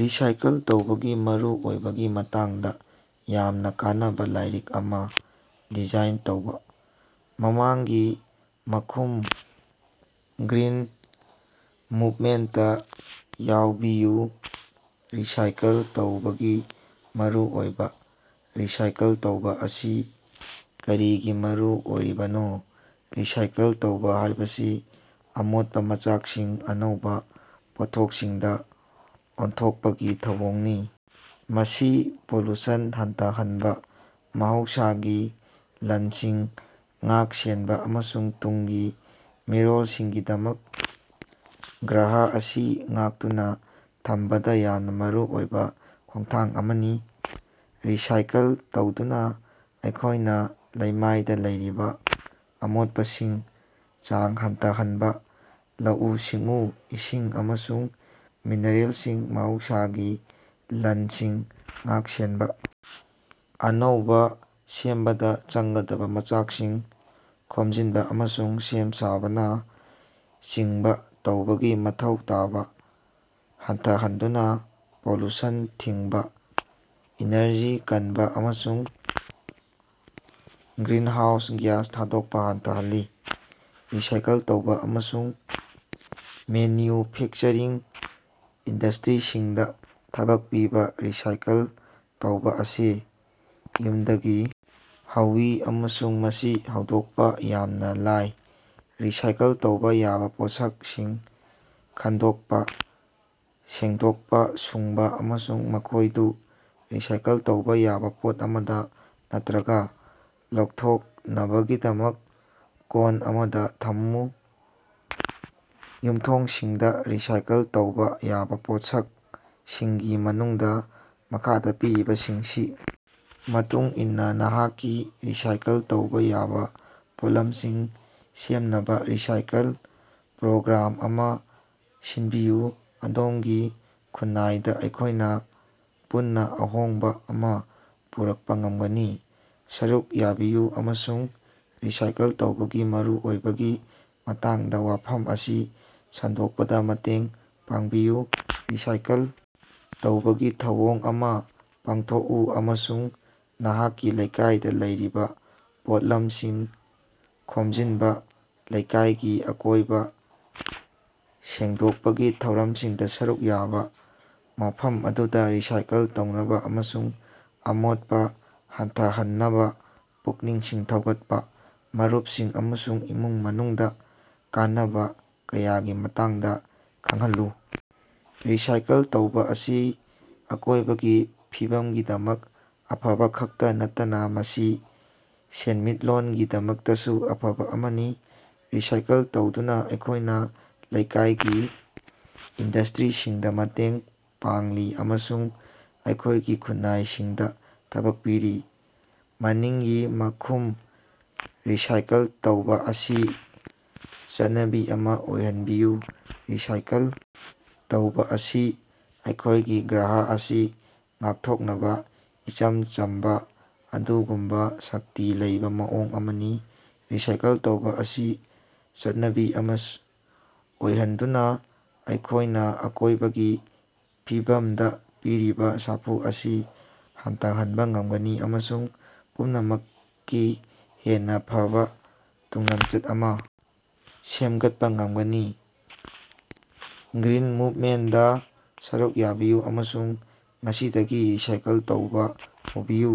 Recycle ꯇꯧꯕꯒꯤ ꯃꯔꯨꯑꯣꯏꯕꯒꯤ ꯃꯇꯥꯡꯗ ꯌꯥꯝꯅ ꯀꯥꯟꯅꯕ ꯂꯥꯏꯔꯤꯛ ꯑꯃ ꯗꯤꯖꯥꯏꯟ ꯇꯧꯕꯥ꯫ ꯃꯃꯥꯡꯒꯤ ꯃꯈꯨꯝ ꯒ꯭ꯔꯤꯟ ꯃꯨꯕꯃꯦꯟꯇꯇꯥ ꯌꯥꯎꯕꯤꯌꯨ ꯔꯤꯁꯥꯏꯀꯜ ꯇꯧꯕꯒꯤ ꯃꯔꯨꯑꯣꯏꯕꯥ ꯔꯤꯁꯥꯏꯀꯜ ꯇꯧꯕꯥ ꯑꯁꯤ ꯀꯔꯤꯒꯤ ꯃꯔꯨ ꯑꯣꯏꯔꯤꯕꯅꯣ ꯔꯤꯁꯥꯏꯀꯜ ꯇꯧꯕꯥ ꯍꯥꯢꯕꯁꯤ ꯑꯃꯣꯠꯄ ꯃꯆꯥꯛꯁꯤꯡ ꯑꯅꯧꯕ ꯄꯣꯠꯊꯣꯛꯁꯤꯡꯗ ꯑꯣꯟꯊꯣꯛꯄꯒꯤ ꯊꯧꯑꯣꯡꯅꯤ꯫ ꯃꯁꯤ ꯄꯣꯂꯨꯁꯟ ꯍꯟꯊꯍꯟꯕ ꯃꯍꯧꯁꯥꯒꯤ ꯂꯟꯁꯤꯡ ꯉꯥꯛ-ꯁꯦꯟꯕ ꯑꯃꯁꯨꯡ ꯇꯨꯡꯒꯤ ꯃꯤꯔꯣꯜꯁꯤꯡꯒꯤꯗꯃꯛ ꯒ꯭ꯔꯍ ꯑꯁꯤ ꯉꯥꯛꯇꯨꯅꯥ ꯊꯝꯕꯗ ꯌꯥꯝꯅ ꯃꯔꯨ ꯑꯣꯏꯕꯥ ꯈꯣꯡꯊꯥꯡ ꯑꯃꯅꯤ꯫ ꯔꯤꯁꯥꯏꯀꯜ ꯇꯧꯗꯨꯅꯥ ꯑꯩꯈꯣꯢꯅ ꯂꯩꯃꯥꯏꯗ ꯂꯩꯔꯤꯕ ꯑꯃꯣꯠꯄꯁꯤꯡꯒꯤ ꯆꯥꯡ ꯍꯟꯊꯍꯟꯕ ꯂꯧꯎ-ꯁꯤꯡꯎ ꯏꯁꯤꯡ ꯑꯃꯁꯨꯡ ꯃꯤꯅꯔꯦꯜꯁꯤꯡ ꯃꯍꯧꯁꯥꯒꯤ ꯂꯟꯁꯤꯡ ꯉꯥꯛ-ꯁꯦꯟꯕ ꯑꯅꯧꯕꯥ ꯁꯦꯝꯕꯗ ꯆꯪꯒꯗꯕ ꯃꯆꯥꯛꯁꯤꯡ ꯈꯣꯝꯖꯤꯟꯕ ꯑꯃꯁꯨꯡ ꯁꯦꯝ ꯁꯥꯕꯅ ꯆꯤꯡꯕ ꯇꯧꯕꯒꯤ ꯃꯊꯧ ꯇꯥꯕ ꯍꯟꯊꯍꯟꯗꯨꯅ ꯄꯣꯂꯨꯁꯟ ꯊꯤꯡꯕꯥ ꯏꯅꯔꯖꯤ ꯀꯟꯕ ꯑꯃꯁꯨꯡ ꯒ꯭ꯔꯤꯅꯍꯥꯎꯁ ꯒ꯭ꯌꯥꯁ ꯊꯥꯗꯣꯛꯄ ꯍꯟꯊꯍꯜꯂꯤ꯫ ꯔꯤꯁꯥꯏꯀꯜ ꯇꯧꯕꯥ ꯑꯃꯁꯨꯡ ꯃꯦꯅꯌꯨꯐꯦꯛꯆꯔꯤꯡ ꯏꯟꯗꯁꯇ꯭ꯔꯤꯁꯤꯡꯗ ꯊꯕꯛ ꯄꯤꯕ ꯔꯤꯁꯥꯏꯀꯜ ꯇꯧꯕ ꯑꯁꯤ ꯌꯨꯝꯗꯒꯤ ꯍꯧꯏ ꯑꯃꯁꯨꯡ ꯃꯁꯤ ꯍꯧꯗꯣꯛꯄꯥ ꯌꯥꯝꯅꯥ ꯂꯥꯏ꯫ ꯔꯤꯁꯥꯏꯀꯜ ꯇꯧꯕꯥ ꯌꯥꯕꯥ ꯄꯣꯠꯁꯛꯁꯤꯡ ꯈꯟꯗꯣꯛꯄ ꯁꯦꯡꯗꯣꯛꯄ ꯁꯨꯡꯕ ꯑꯃꯁꯨꯡ ꯃꯈꯣꯢꯗꯨ ꯔꯤꯁꯥꯏꯀꯜ ꯇꯧꯕꯥ ꯌꯥꯕ ꯄꯣꯠ ꯑꯃꯗ ꯅꯠꯇ꯭ꯔꯒ ꯂꯧꯊꯣꯛꯅꯕꯒꯤꯗꯃꯛ ꯀꯣꯟ ꯑꯃꯗ ꯊꯝꯃꯨ꯫ ꯌꯨꯝꯊꯣꯡꯁꯤꯡꯗ ꯔꯤꯁꯥꯏꯀꯜ ꯇꯧꯕꯥ ꯌꯥꯕꯥ ꯄꯣꯠꯁꯛꯁꯤꯡꯒꯤ ꯃꯅꯨꯡꯗꯥ ꯃꯈꯥꯗꯥ ꯄꯤꯔꯤꯕꯁꯤꯡꯁꯤ ꯃꯇꯨꯡ ꯏꯟꯅ ꯅꯍꯥꯛꯀꯤ ꯔꯤꯁꯥꯏꯀꯜ ꯇꯧꯕꯥ ꯌꯥꯕ ꯄꯣꯠꯂꯝꯁꯤꯡ ꯁꯦꯝꯅꯕ ꯔꯤꯁꯥꯏꯀꯜ ꯄ꯭ꯔꯣꯒ꯭ꯔꯥꯝ ꯑꯃ ꯁꯤꯟꯕꯤꯎ꯫ ꯑꯗꯣꯝꯒꯤ ꯈꯨꯟꯅꯥꯏꯗ ꯑꯩꯈꯣꯢꯅ ꯄꯨꯟꯅ ꯑꯍꯣꯡꯕ ꯑꯃ ꯄꯨꯔꯛꯄ ꯉꯝꯒꯅꯤ꯫ ꯁꯔꯨꯛ ꯌꯥꯕꯤꯌꯨ ꯑꯃꯁꯨꯡ ꯔꯤꯁꯥꯏꯀꯜ ꯇꯧꯕꯒꯤ ꯃꯔꯨꯑꯣꯏꯕꯒꯤ ꯃꯇꯥꯡꯗ ꯋꯥꯐꯝ ꯑꯁꯤ ꯁꯟꯗꯣꯛꯄꯗ ꯃꯇꯦꯡ ꯄꯥꯡꯕꯤꯌꯨ ꯔꯤꯁꯥꯏꯀꯜ ꯇꯧꯕꯒꯤ ꯊꯧꯑꯣꯡ ꯑꯃ ꯄꯥꯡꯊꯣꯛꯎ ꯑꯃꯁꯨꯡ ꯅꯍꯥꯛꯀꯤ ꯂꯩꯀꯥꯏꯗ ꯂꯩꯔꯤꯕꯥ ꯄꯣꯠꯂꯝꯁꯤꯡ ꯈꯣꯝꯖꯤꯟꯕ ꯂꯩꯀꯥꯏꯒꯤ ꯑꯀꯣꯏꯕ ꯁꯦꯡꯗꯣꯛꯄꯒꯤ ꯊꯧꯔꯝꯁꯤꯡꯗ ꯁꯔꯨꯛ ꯌꯥꯕ ꯃꯐꯝ ꯑꯗꯨꯗ ꯔꯤꯁꯥꯏꯀꯜ ꯇꯧꯅꯕꯥ ꯑꯃꯁꯨꯡ ꯑꯃꯣꯠꯄꯥ ꯍꯟꯊꯍꯟꯅꯕꯥ ꯄꯨꯛꯅꯤꯡ ꯊꯧꯒꯠꯄꯥ ꯃꯔꯨꯄꯁꯤꯡ ꯑꯃꯁꯨꯡ ꯏꯃꯨꯡ ꯃꯅꯨꯡꯗꯥ ꯀꯥꯟꯅꯕ ꯀꯌꯥꯒꯤ ꯃꯇꯥꯡꯗꯥ ꯈꯡꯍꯟꯂꯨ꯫ ꯔꯤꯁꯥꯏꯀꯜ ꯇꯧꯕꯥ ꯑꯁꯤ ꯑꯀꯣꯢꯕꯒꯤ ꯐꯤꯕꯝꯒꯤꯗꯃꯛ ꯑꯐꯕꯥ ꯈꯛꯇꯥ ꯅꯠꯇꯅ ꯃꯁꯤ ꯁꯦꯟꯃꯤꯠꯂꯣꯟꯒꯤꯗꯃꯛꯇꯁꯨ ꯑꯐꯕ ꯑꯃꯅꯤ꯫ ꯔꯤꯁꯥꯏꯀꯜ ꯇꯧꯗꯨꯅꯥ ꯑꯩꯈꯣꯢꯅ ꯂꯩꯀꯥꯏꯒꯤ ꯏꯟꯗꯁꯇ꯭ꯔꯤꯁꯤꯡꯗ ꯃꯇꯦꯡ ꯄꯥꯡꯂꯤ ꯑꯃꯁꯨꯡ ꯑꯩꯈꯣꯢꯒꯤ ꯈꯨꯟꯅꯥꯏꯁꯤꯡꯗ ꯊꯕꯛ ꯄꯤꯔꯤ꯫ ꯃꯅꯤꯡꯒꯤ ꯃꯈꯨꯝ ꯔꯤꯁꯥꯏꯀꯜ ꯇꯧꯕꯥ ꯑꯁꯤ ꯆꯠꯅꯕꯤ ꯑꯃꯥ ꯑꯣꯏꯍꯟꯕꯤꯌꯨ ꯔꯤꯁꯥꯏꯀꯜ ꯇꯧꯕꯥ ꯑꯁꯤ ꯑꯩꯈꯣꯢꯒꯤ ꯒ꯭ꯔꯍ ꯑꯁꯤ ꯉꯥꯛꯊꯣꯛꯅꯕ ꯏꯆꯝ ꯆꯝꯕ ꯑꯗꯨꯒꯨꯝꯕ ꯁꯛꯇꯤ ꯂꯩꯕꯥ ꯃꯑꯣꯡ ꯑꯃꯅꯤ꯫ ꯔꯤꯁꯥꯏꯀꯜ ꯇꯧꯕꯥ ꯑꯁꯤ ꯆꯠꯅꯕꯤ ꯑꯃ ꯑꯣꯏꯍꯟꯗꯨꯅ ꯑꯩꯈꯣꯢꯅ ꯑꯀꯣꯢꯕꯒꯤ ꯐꯤꯕꯝꯗ ꯄꯤꯔꯤꯕ ꯁꯥꯐꯨ ꯑꯁꯤ ꯍꯟꯊꯍꯟꯕ ꯉꯝꯒꯅꯤ ꯑꯃꯁꯨꯡ ꯄꯨꯝꯅꯃꯛꯀꯤ ꯍꯦꯟꯅ ꯐꯕ ꯇꯨꯡꯂꯝꯆꯠ ꯑꯃ ꯁꯦꯝꯒꯠꯄ ꯉꯝꯒꯅꯤ꯫ ꯒ꯭ꯔꯤꯟ ꯃꯨꯕꯃꯦꯟꯇꯗ ꯁꯔꯨꯛ ꯌꯥꯕꯤꯌꯨ ꯑꯃꯁꯨꯡ ꯉꯁꯤꯗꯒꯤ ꯔꯤꯁꯥꯏꯀꯜ ꯇꯧꯕꯥ ꯍꯧꯕꯤꯌꯨ꯫